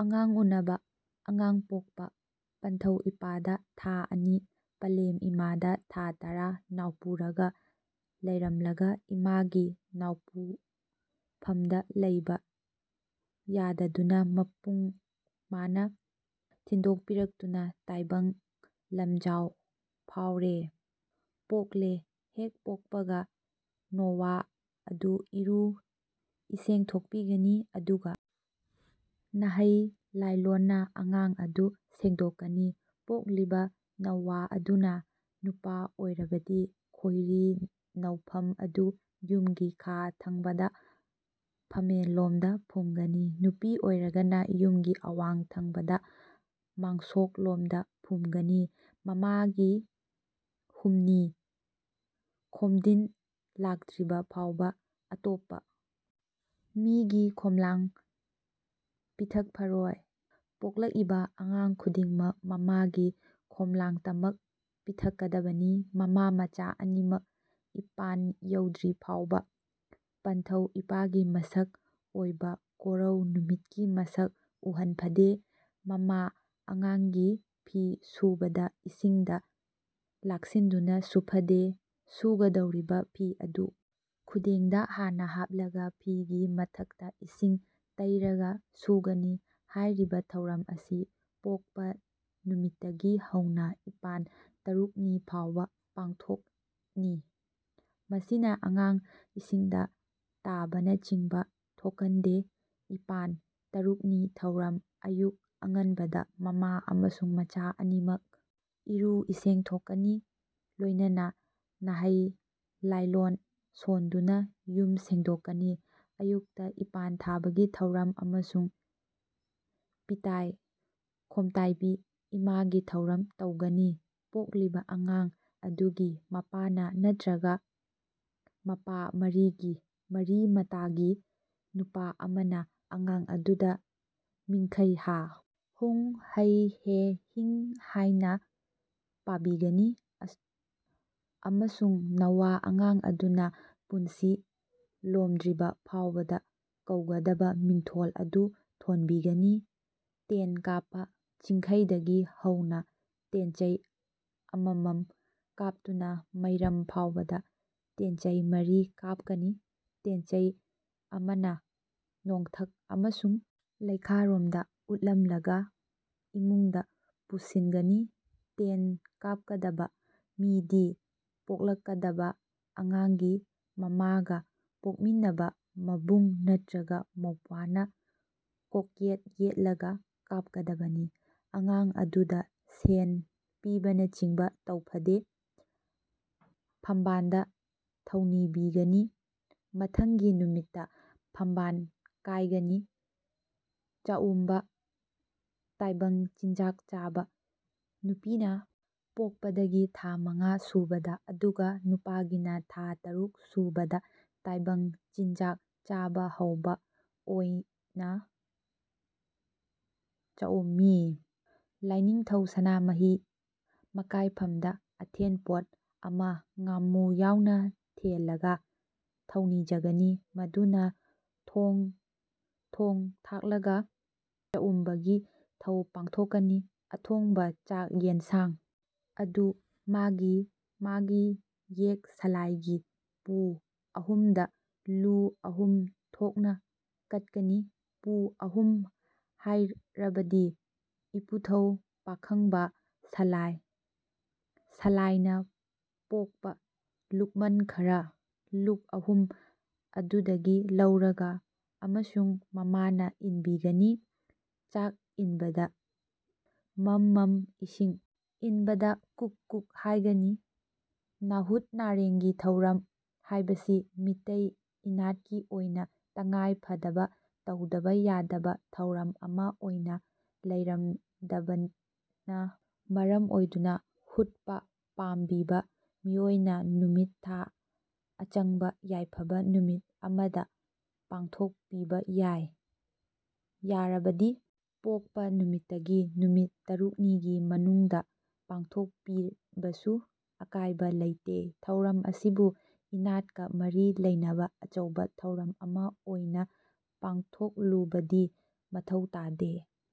ꯑꯉꯥꯡ ꯎꯅꯕ ( ꯑꯉꯥꯡ ꯄꯣꯛꯄ) ꯄꯟꯊꯧ ꯏꯄꯥꯗ ꯊꯥ ꯑꯅꯤ, ꯄꯂꯦꯝ ꯏꯃꯥꯗ ꯊꯥ ꯇꯔꯥ ꯅꯥꯎꯄꯨꯔꯒ ꯂꯩꯔꯝꯂꯒ ꯏꯃꯥꯒꯤ ꯅꯥꯎꯄꯨꯐꯝꯗ ꯂꯩꯕ ꯌꯥꯗꯗꯨꯅ ꯃꯄꯨꯡ ꯃꯥꯅ ꯊꯤꯟꯗꯣꯛꯄꯤꯔꯛꯇꯨꯅ ꯇꯥꯏꯕꯪ ꯂꯝꯖꯥꯎ ꯐꯥꯎꯔꯦ (ꯄꯣꯛꯂꯦ), ꯍꯦꯛ ꯄꯣꯛꯄꯒ ꯅꯣꯋꯥ ꯑꯗꯨ ꯏꯔꯨ ꯏꯁꯦꯡꯊꯣꯛꯄꯤꯒꯅꯤ ꯑꯗꯨꯒ ꯅꯥꯍꯩ ꯂꯥꯏꯂꯣꯟꯅ ꯑꯉꯥꯡ ꯑꯗꯨ ꯁꯦꯗꯣꯛꯀꯅꯤ꯫ ꯄꯣꯛꯂꯤꯕ ꯅꯧꯋꯥ ꯑꯗꯨꯅ ꯅꯨꯄꯥ ꯑꯣꯏꯔꯕꯗꯤ ꯈꯣꯏꯔꯤ ꯅꯧꯐꯝ ꯑꯗꯨ ꯌꯨꯝꯒꯤ ꯈꯥ ꯊꯪꯕꯗ ꯐꯝꯃꯦꯟ ꯂꯣꯝꯗ ꯐꯨꯝꯒꯅꯤ꯫ ꯅꯨꯄꯤ ꯑꯣꯏꯔꯒꯅ ꯌꯨꯝꯒꯤ ꯑꯋꯥꯡ ꯊꯪꯕꯗ ꯃꯥꯡꯁꯣꯛ ꯂꯣꯝꯗ ꯐꯨꯝꯒꯅꯤ꯫ ꯃꯃꯥꯒꯤ ꯍꯨꯝꯅꯤ ꯈꯣꯝꯗꯤꯟ ꯂꯥꯛꯇ꯭ꯔꯤꯕ ꯐꯥꯎꯕ ꯑꯇꯣꯞꯄ ꯃꯤꯒꯤ ꯈꯣꯝꯂꯥꯡ ꯄꯤꯊꯛꯐꯔꯣꯏ꯫ ꯄꯣꯛꯂꯛꯏꯕ ꯑꯉꯥꯡ ꯈꯨꯗꯤꯡꯃꯛ ꯃꯃꯥꯒꯤ ꯈꯣꯝꯂꯥꯡꯇꯃꯛ ꯄꯤꯊꯛꯀꯗꯕꯅꯤ꯫ ꯃꯃꯥ, ꯃꯆꯥ ꯑꯅꯤꯃꯛ ꯏꯄꯥꯟ ꯌꯧꯗ꯭ꯔꯤ ꯐꯥꯎꯕ ꯄꯟꯊꯧ ꯏꯄꯥꯒꯤ ꯃꯁꯛ ꯑꯣꯏꯕ ꯀꯣꯔꯧ ꯅꯨꯃꯤꯠꯀꯤ ꯃꯁꯛ ꯎꯍꯟꯐꯗꯦ꯫ ꯃꯃꯥ ꯑꯉꯥꯡꯒꯤ ꯐꯤ ꯁꯨꯕꯗ ꯏꯁꯤꯡꯗ ꯂꯥꯛꯁꯤꯟꯗꯨꯅ ꯁꯨꯐꯗꯦ꯫ ꯁꯨꯒꯗꯧꯔꯤꯕ ꯐꯤ ꯑꯗꯨ ꯈꯨꯗꯦꯡꯗ ꯍꯥꯟꯅ ꯍꯥꯞꯂꯒ ꯐꯤꯒꯤ ꯃꯊꯛꯇ ꯏꯁꯤꯡ ꯇꯩꯔꯒ ꯁꯨꯒꯅꯤ꯫ ꯍꯥꯏꯔꯤꯕ ꯊꯧꯔꯝ ꯑꯁꯤ ꯄꯣꯛꯄ ꯅꯨꯃꯤꯠꯇꯒꯤ ꯍꯧꯅ ꯏꯄꯥꯟ ꯇꯔꯨꯛꯅꯤ ꯐꯥꯎꯕ ꯄꯥꯡꯊꯣꯛꯅꯤ꯫ ꯃꯁꯤꯅ ꯑꯉꯥꯡ ꯏꯁꯤꯡꯗ ꯇꯥꯕꯅꯆꯤꯡꯕ ꯊꯣꯛꯀꯟꯗꯦ꯫ ꯏꯄꯥꯟ ( ꯇꯔꯨꯛꯅꯤ) ꯊꯧꯔꯝ ꯑꯌꯨꯛ ꯑꯉꯟꯕꯗ ꯃꯃꯥ ꯑꯃꯁꯨꯡ ꯃꯆꯥ ꯑꯅꯤꯃꯛ ꯏꯔꯨ ꯏꯁꯦꯡꯊꯣꯛꯀꯅꯤ ꯂꯣꯏꯅꯅ ꯅꯥꯍꯩ ꯂꯥꯏꯂꯣꯟ ꯁꯣꯟꯗꯨꯅ ꯌꯨꯝ ꯁꯦꯡꯗꯣꯛꯀꯅꯤ꯫ ꯑꯌꯨꯛꯇ ꯏꯄꯥꯟ ꯊꯥꯕꯒꯤ ꯊꯧꯔꯝ ꯑꯃꯁꯨꯡ ꯄꯤꯇꯥꯏ ꯈꯣꯝꯇꯥꯏꯕꯤ ꯏꯃꯥꯒꯤ ꯊꯧꯔꯝ ꯇꯧꯒꯅꯤ ꯄꯣꯛꯂꯤꯕ ꯑꯉꯥꯡ ꯑꯗꯨꯒꯤ ꯃꯄꯥꯅ ꯅꯠꯇ꯭ꯔꯒ ꯃꯄꯥ ꯃꯔꯤꯒꯤ (ꯃꯔꯤ ꯃꯇꯥꯒꯤ) ꯅꯨꯄꯥ ꯑꯃꯅ ꯑꯉꯥꯡ ꯑꯗꯨꯗ ꯃꯤꯡꯈꯩ ꯍꯥ, ꯍꯨꯡ, ꯍꯩ, ꯍꯦ, ꯍꯤꯡ ꯍꯥꯏꯅ ꯄꯥꯕꯤꯒꯅꯤ ꯑꯃꯁꯨꯡ ꯅꯧꯋꯥ ꯑꯉꯥꯡ ꯑꯗꯨꯅ ꯄꯨꯟꯁꯤ ꯂꯣꯝꯗ꯭ꯔꯤꯕ ꯐꯥꯎꯕꯗ ꯀꯧꯒꯗꯕ ꯃꯤꯡꯊꯣꯜ ꯑꯗꯨ ꯊꯣꯟꯕꯤꯒꯅꯤ꯫ ꯇꯦꯟ ꯀꯥꯞꯄ ꯆꯤꯡꯈꯩꯗꯒꯤ ꯍꯧꯅ ꯇꯦꯟꯆꯩ ꯑꯃꯃꯝ ꯀꯥꯞꯇꯨꯅ ꯃꯩꯔꯝ ꯐꯥꯎꯕꯗ ꯇꯦꯟꯆꯩ ꯃꯔꯤ ꯀꯥꯞꯀꯅꯤ꯫ ꯇꯦꯟꯆꯩ ꯑꯃꯅ ꯅꯣꯡꯊꯛ ꯑꯃꯁꯨꯡ ꯂꯩꯈꯥꯔꯣꯝꯗ ꯎꯠꯂꯝꯂꯒ ꯏꯃꯨꯡꯗ ꯄꯨꯁꯤꯟꯒꯅꯤ꯫ ꯇꯦꯟ ꯀꯥꯞꯀꯗꯕ ꯃꯤꯗꯤ ꯄꯣꯛꯂꯛꯀꯗꯕ ꯑꯉꯥꯡꯒꯤ ꯃꯃꯥꯒ ꯄꯣꯛꯃꯤꯟꯅꯕ ꯃꯕꯨꯡ ꯅꯠꯇ꯭ꯔꯒ ꯃꯧꯄ꯭ꯋꯥꯅ ꯀꯣꯛꯌꯦꯠ ꯌꯦꯠꯂꯒ ꯀꯥꯞꯀꯗꯕꯅꯤ꯫ ꯑꯉꯥꯡ ꯑꯗꯨꯗ ꯁꯦꯟ ꯄꯤꯕꯅꯆꯤꯡꯕ ꯇꯧꯐꯗꯦ, ꯐꯝꯕꯥꯟꯗ ꯊꯧꯅꯤꯕꯤꯒꯅꯤ꯫ ꯃꯊꯪꯒꯤ ꯅꯨꯃꯤꯠꯇ ꯐꯝꯕꯥꯟ ꯀꯥꯏꯒꯅꯤ꯫ ꯆꯥꯎꯝꯕ (ꯇꯥꯏꯕꯪ ꯆꯤꯟꯖꯥꯛ ꯆꯥꯕ), ꯅꯨꯄꯤꯅ ꯄꯣꯛꯄꯗꯒꯤ ꯊꯥ ꯃꯉꯥ ꯁꯨꯕꯗ ꯑꯗꯨꯒ ꯅꯨꯄꯥꯒꯤꯅ ꯊꯥ ꯇꯔꯨꯛ ꯁꯨꯕꯗ ꯇꯥꯏꯕꯪ ꯆꯤꯟꯖꯥꯛ ꯆꯥꯕ ꯍꯧꯕ ꯑꯣꯏꯅ ꯆꯥꯎꯝꯃꯤ꯫ ꯂꯥꯏꯅꯤꯡꯊꯧ ꯁꯅꯥꯃꯍꯤ ꯃꯀꯥꯏꯐꯝꯗ ꯑꯊꯦꯟꯄꯣꯠ ꯑꯃ ꯉꯥꯃꯨ ꯌꯥꯎꯅ ꯊꯦꯜꯂꯒ ꯊꯧꯅꯤꯖꯒꯅꯤ꯫ ꯃꯗꯨꯅ ꯊꯣꯡ ꯊꯣꯡ ꯊꯥꯛꯂꯒ ꯆꯥꯎꯝꯕꯒꯤ ꯊꯧ ꯄꯥꯡꯊꯣꯛꯀꯅꯤ꯫ ꯑꯊꯣꯡꯕ ꯆꯥꯛ ꯌꯦꯟꯁꯥꯡ ꯑꯗꯨ ꯃꯥꯒꯤ ꯃꯥꯒꯤ ꯌꯦꯛ ꯁꯥꯂꯥꯏꯒꯤ ꯄꯨ ꯑꯍꯨꯝꯗ ꯂꯨ ꯑꯍꯨꯝ ꯊꯣꯛꯅ ꯀꯠꯀꯅꯤ꯫ (ꯄꯨ ꯑꯍꯨꯝ ꯍꯥꯏꯔꯕꯗꯤ ꯏꯄꯨꯊꯧ ꯄꯥꯈꯪꯕ, ꯁꯂꯥꯏ, ꯁꯂꯥꯏꯅꯥ ꯄꯣꯛꯄꯥ ꯂꯨꯛꯃꯟ ꯈꯔꯥ) ꯂꯨꯛ ꯑꯍꯨꯝ ꯑꯗꯨꯗꯒꯤ ꯂꯧꯔꯒ ꯑꯃꯁꯨꯡ ꯃꯃꯥꯅ ꯏꯟꯕꯤꯒꯅꯤ꯫ ꯆꯥꯛ ꯏꯟꯕꯗ ꯃꯝ ꯃꯝ, ꯏꯁꯤꯡ ꯏꯟꯕꯗ ꯀꯨꯛ ꯀꯨꯛ ꯍꯥꯏꯒꯅꯤ꯫ ꯅꯥꯍꯨꯠ ꯅꯥꯔꯦꯡꯒꯤ ꯊꯧꯔꯝ ꯍꯥꯏꯕꯁꯤ ꯃꯤꯇꯩ ꯏꯅꯥꯠꯀꯤ ꯑꯣꯏꯅ ꯇꯉꯥꯏ ꯐꯗꯕ ꯇꯧꯗꯕ ꯌꯥꯗꯕ ꯊꯧꯔꯝ ꯑꯃ ꯑꯣꯏꯅ ꯂꯩꯔꯝꯗꯕꯅ ꯃꯔꯝ ꯑꯣꯏꯗꯨꯅ ꯍꯨꯠꯄ ꯄꯥꯝꯕꯤꯕ ꯃꯤꯑꯣꯏꯅ ꯅꯨꯃꯤꯠ ꯊꯥ ꯑꯆꯪꯕ ꯌꯥꯏꯐꯕ ꯅꯨꯃꯤꯠ ꯑꯃꯗ ꯄꯥꯥꯡꯊꯣꯛꯄꯤꯕ ꯌꯥꯏ꯫ ꯌꯥꯔꯕꯗꯤ ꯄꯣꯛꯄ ꯅꯨꯃꯤꯠꯇꯒꯤ ꯅꯨꯃꯤꯠ ꯇꯔꯨꯛꯅꯤꯒꯤ ꯃꯅꯨꯡꯗ ꯄꯥꯡꯊꯣꯛꯄꯤꯕꯁꯨ ꯑꯀꯥꯏꯕ ꯂꯩꯇꯦ ꯊꯧꯔꯝ ꯑꯁꯤꯕꯨ ꯏꯅꯥꯠꯀ ꯃꯔꯤ ꯂꯩꯅꯕ ꯑꯆꯧꯕ ꯊꯧꯔꯝ ꯑꯃ ꯑꯣꯏꯅ ꯄꯥꯡꯊꯣꯛꯂꯨꯕꯗꯤ ꯃꯊꯧ ꯇꯥꯗꯦ